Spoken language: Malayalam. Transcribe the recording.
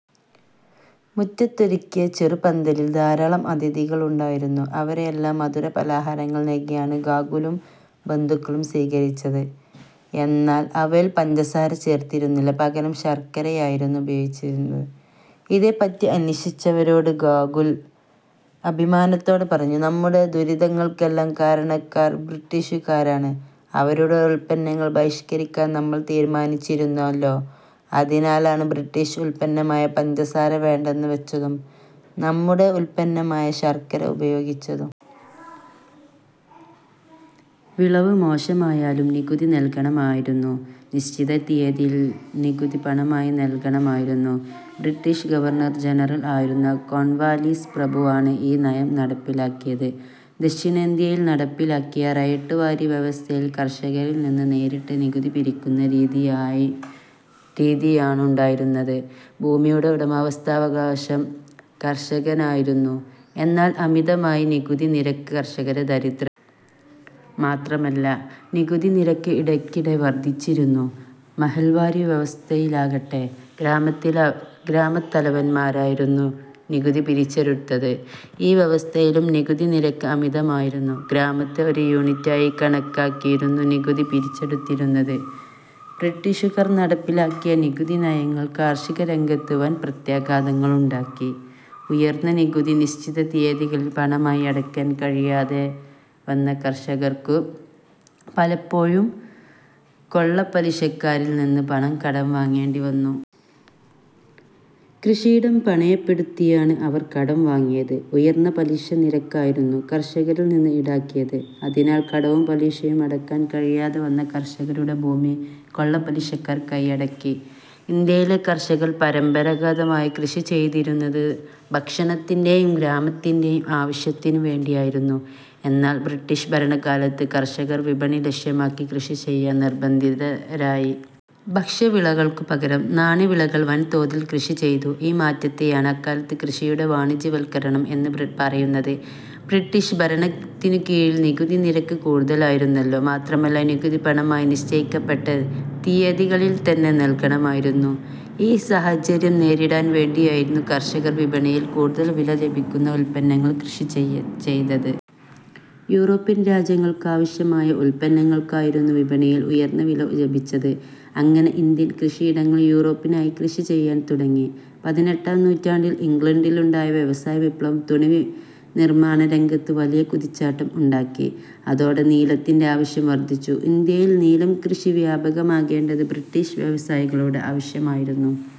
മുറ്റത്തൊരുക്കിയ ചെറുപന്തലിൽ ധാരാളം അതിഥികളുണ്ടായിരുന്നു. അവരെയെല്ലാം മധുരപലഹാരങ്ങൾ നൽകിയാണ് ഗാംഗുലും ബന്ധുക്കളും സ്വീകരിച്ചത്. എന്നാൽ അവയിൽ പഞ്ചസാര ചേർത്തിരുന്നില്ല. പകരം ശർക്കരയായിരുന്നു ഉപയോഗിച്ചത്. ഇതേപ്പറ്റി അന്വേഷിച്ചവരോട് ഗാംഗുൽ അഭിമാനത്തോടെ പറഞ്ഞു: "നമ്മുടെ ദുരിതങ്ങൾക്കെല്ലാം കാരണക്കാർ ബ്രിട്ടീഷുകാരാണ്. അവരുടെ ഉൽപ്പന്നങ്ങൾ ബഹിഷ്കരിക്കാൻ നമ്മൾ തീരുമാനിച്ചിരുന്നല്ലോ. അതിനാലാണ് ബ്രിട്ടീഷ് ഉൽപ്പന്നമായ പഞ്ചസാര വേണ്ടെന്ന് വച്ചതും നമ്മുടെ ഉൽപ്പന്നമായ ശർക്കര ഉപയോഗിച്ചതും. വിളവ് മോശമായാലും നികുതി നൽകണമായിരുന്നു. നിശ്ചിത തീയതിയിൽ നികുതി പണമായി നൽകണമായിരുന്നു. ബ്രിട്ടീഷ് ഗവർണർ ജനറൽ ആയിരുന്ന കോൺവാലീസ് പ്രഭുവാണ് ഈ നയം നടപ്പിലാക്കിയത്. ദക്ഷിണേന്ത്യയിൽ നടപ്പിലാക്കിയ റയട്ട് വാരി വ്യവസ്ഥയിൽ കർഷകരിൽ നിന്ന് നേരിട്ട് നികുതി പിരിക്കുന്ന രീതിയാണുണ്ടായിരുന്നത്. ഭൂമിയുടെ ഉടമസ്ഥാവകാശം കർഷകനായിരുന്നു. എന്നാൽ അമിതമായ നികുതി നിരക്ക് കർഷകരെ ദരിദ്രരാക്കി. മാത്രമല്ല നികുതിനിരക്ക് ഇടയ്ക്കിടെ വർധിപ്പിച്ചിരുന്നു. മഹൽവാരി വ്യവസ്ഥയിലാകട്ടെ, ഗ്രാമത്തലവന്മാരായിരുന്നു നികുതി പിരിച്ചെടുത്തത്. ഈ വ്യവസ്ഥയിലും നികുതിനിരക്ക് അമിതമായിരുന്നു. ഗ്രാമത്തെ ഒരു യൂണിറ്റായി കണക്കാക്കിയായിരുന്നു നികുതി പിരി ച്ചെടുത്തിരുന്നത്. ബ്രിട്ടീഷുകാർ നടപ്പിലാക്കിയ നികുതി നയങ്ങൾ കാർഷികരംഗത്ത് വൻ പ്രത്യാഘാതങ്ങളുണ്ടാക്കി. ഉയർന്ന നികുതി നിശ്ചിത തീയതിയിൽ പണമായി അടയ്ക്കാൻ കഴിയാതെവന്ന കർഷകർക്കു പലപ്പോഴും കൊള്ളപ്പലിശക്കാരിൽ നിന്ന് പണം കടം വാങ്ങേണ്ടിവന്നു. കൃഷിയിടം പണയപ്പെടുത്തിയാണ് അവർ കടം വാങ്ങിയത്. ഉയർന്ന പലിശനിരക്കായിരുന്നു കർഷകരിൽനിന്ന് ഈടാക്കിയത്. അതിനാൽ കടവും പലിശയും അടയ്ക്കാൻ കഴിയാതെവന്ന കർഷകരുടെ ഭൂമി കൊള്ളപ്പലിശക്കാർ കൈയടക്കി. ഇന്ത്യയിലെ കർഷകർ പരമ്പരാഗതമായി കൃഷിചെയ്തിരുന്നത് ഭക്ഷണത്തിന്റെയും ഗ്രാമത്തിന്റെയും ആവശ്യത്തിനുവേണ്ടിയായിരുന്നു. എന്നാൽ ബ്രിട്ടീഷ് ഭരണകാലത്ത് കർഷകർ വിപണി ലക്ഷ്യമാക്കി കൃഷി ചെയ്യാൻ നിർബന്ധിതരായി. ഭക്ഷ്യവിളകൾക്കു പകരം നാണ്യവിളകൾ വൻതോതിൽ കൃഷിചെയ്തു. ഈ മാറ്റത്തെയാണ് അക്കാലത്ത് കൃഷിയുടെ വാണിജ്യവൽക്കരണം എന്നു പറയുന്നത്. ബ്രിട്ടീഷ് ഭരണത്തിനുകീഴിൽ നികുതി നിരക്ക് കൂടുതലായിരുന്നല്ലോ. മാത്രമല്ല, നികുതി പണമായി, നിശ്ചയിക്കപ്പെട്ട തീയതിയിൽത്തന്നെ നൽകണമായിരുന്നു. ഈ സാഹചര്യം നേരിടാൻ വേണ്ടിയായിരുന്നു കർഷകർ വിപണിയിൽ കൂടുതൽ വില ലഭിക്കുന്ന ഉൽപ്പന്നങ്ങൾ കൃഷിചെയ്തത്. യൂറോപ്യൻ രാജ്യങ്ങൾക്കാവശ്യമായ ഉൽപ്പന്നങ്ങൾക്കായിരുന്നു വിപണിയിൽ ഉയർന്ന വില ലഭിച്ചത്. അങ്ങനെ ഇന്ത്യൻ കൃഷിയിടങ്ങൾ യൂറോപ്പിനായി കൃഷിചെയ്യാൻ തുടങ്ങി. പതിനെട്ടാം നൂറ്റാണ്ടിൽ ഇംഗ്ലണ്ടിലുണ്ടായ വ്യവസായവിപ്ലവം തുണി നിർമാണരംഗത്ത് വലിയ കുതിച്ചുചാട്ടം ഉണ്ടാക്കി. അതോടെ നീലത്തിന്റെ ആവശ്യം വർധിച്ചു. ഇന്ത്യയിൽ നീലം കൃഷി വ്യാപകമാക്കേണ്ടത് ബ്രിട്ടീഷ് വ്യവസായികളുടെ ആവശ്യമായിരുന്നു.